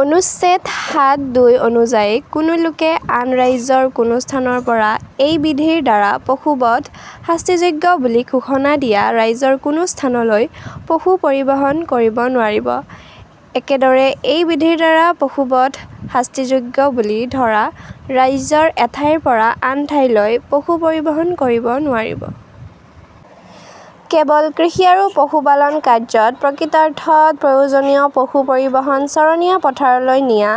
অনুচ্ছেদ সাত দুই অনুযায়ী কোনো লোকে আন ৰাজ্যৰ কোনো স্থানৰ পৰা এই বিধিৰ দ্বাৰা পশুবধ শাস্তিযোগ্য বুলি ঘোষণা দিয়া ৰাজ্যৰ কোনো স্থানলৈ পশু পৰিবহন কৰিব নোৱাৰিব। একেদৰে এই বিধিৰদ্বাৰা পশুবধ শাস্তিযোগ্য বুলি ধৰা ৰাজ্যৰ এঠাইৰ পৰা আনঠাইলৈ পশু পৰিবহন কৰিব নোৱাৰিব। কেৱল কৃষি আৰু পশুপালন কাৰ্য্যত প্ৰকৃতাৰ্থত প্ৰয়োজনীয় পশু পৰিবহন চৰণীয়া পথাৰলৈ নিয়া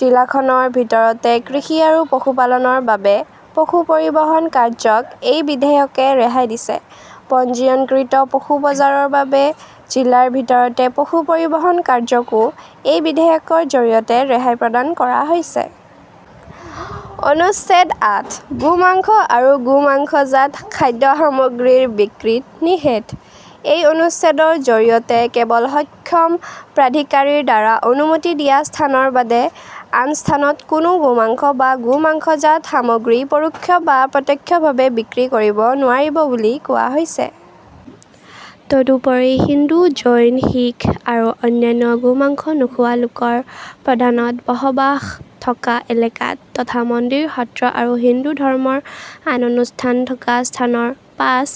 জিলা খনৰ ভিতৰতে কৃষি আৰু পশুপালনৰ বাবে পশু পৰিবহন কাৰ্যক এই বিধেয়কে ৰেহাই দিছে। পঞ্জীয়নকৃত পশু বজাৰৰ বাবে জিলাৰ ভিতৰতে পশু পৰিবহন কাৰ্যকো এই বিধেয়কৰ জৰিয়তে ৰেহাই প্ৰদান কৰা হৈছে। অনুচ্ছেদ আঠ- গোমাংস আৰু গোমাংসজাত খাদ্য সামগ্ৰীৰ বিক্ৰীত নিষেধ। এই অনুচ্ছেদৰ জৰিয়তে কেৱল সক্ষম প্ৰাধিকাৰীৰ দ্বাৰা অনুমতি দিয়া স্থানৰ বাদে আন স্থানত কোনো গোমাংস বা গোমাংসজাত সামগ্ৰী পৰোক্ষ বা প্ৰত্যক্ষ ভাৱে বিক্ৰী কৰিব নোৱাৰিব বুলি কোৱা হৈছে। তদুপৰি হিন্দু, জৈন, শিখ আৰু অন্যান্য গোমাংস নোখোৱা লোকৰ প্ৰধানত বসবাস থকা এলেকাত তথা মন্দিৰ, সত্ৰ আৰু হিন্দু ধৰ্মৰ আন অনুষ্ঠান থকা স্থানৰ পাঁচ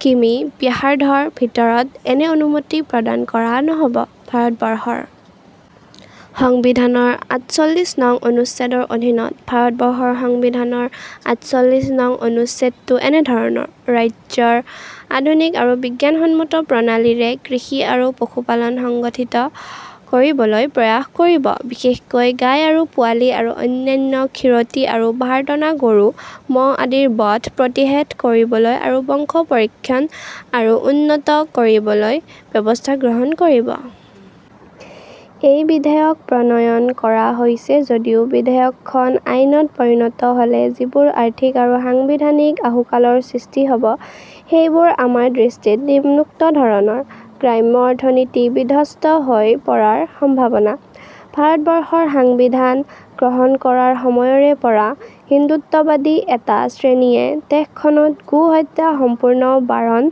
কি:মি ব্যাসাৰ্ধৰ ভিতৰত এনে অনুমতি প্ৰদান কৰা নহ'ব। ভাৰতবৰ্ষৰ সংবিধানৰ আঠচল্লিছ নং অনুচ্ছেদৰ অধীনত ভাৰতবৰ্ষৰ সংবিধানৰ আঠচল্লিছ নং অনুচ্ছেদটো এনেধৰণৰ: ৰাজ্যই আধুনিক আৰু বিজ্ঞানসন্মত প্ৰণালীৰে কৃষি আৰু পশুপালন সংগঠিত কৰিবলৈ প্ৰয়াস কৰিব, বিশেষকৈ গাই আৰু পোৱালী আৰু অন্যান্য খীৰতী আৰু ভাৰটনা গৰু, মহ আদিৰ বধ প্ৰতিষেধ কৰিবলৈ আৰু বংশ পৰিৰক্ষণ আৰু উন্নত কৰিবলৈ ব্যৱস্থা গ্ৰহণ কৰিব। এই বিধেয়ক প্ৰণয়ন কৰা হৈছে যদিও বিধেয়কখন আইনত পৰিণত হ'লে যিবোৰ আৰ্থিক আৰু সংবিধানিক আহুকালৰ সৃষ্টি হ'ব, সেই বোৰ আমাৰ দৃষ্টিত নিম্নোক্ত ধৰণৰ: গ্ৰাম্য অৰ্থনীতি বিধ্বস্ত হৈ পৰাৰ সম্ভাৱনা। ভাৰতবৰ্ষৰ সাংবিধান গ্ৰহণ কৰাৰ সময়ৰে পৰা হিন্দুত্ববাদী এটা শ্ৰেণীয়ে দেশখনত গো হত্যা সম্পূৰ্ণ বাৰণ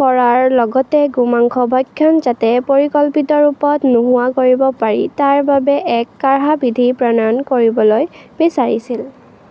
কৰাৰ লগতে গোমাংস ভক্ষণ যাতে পৰিকল্পিতৰূপত নোহোৱা কৰিব পাৰি তাৰ বাবে এক কাঢ়া বিধি প্ৰণয়ন কৰিবলৈ বিচাৰিছিল।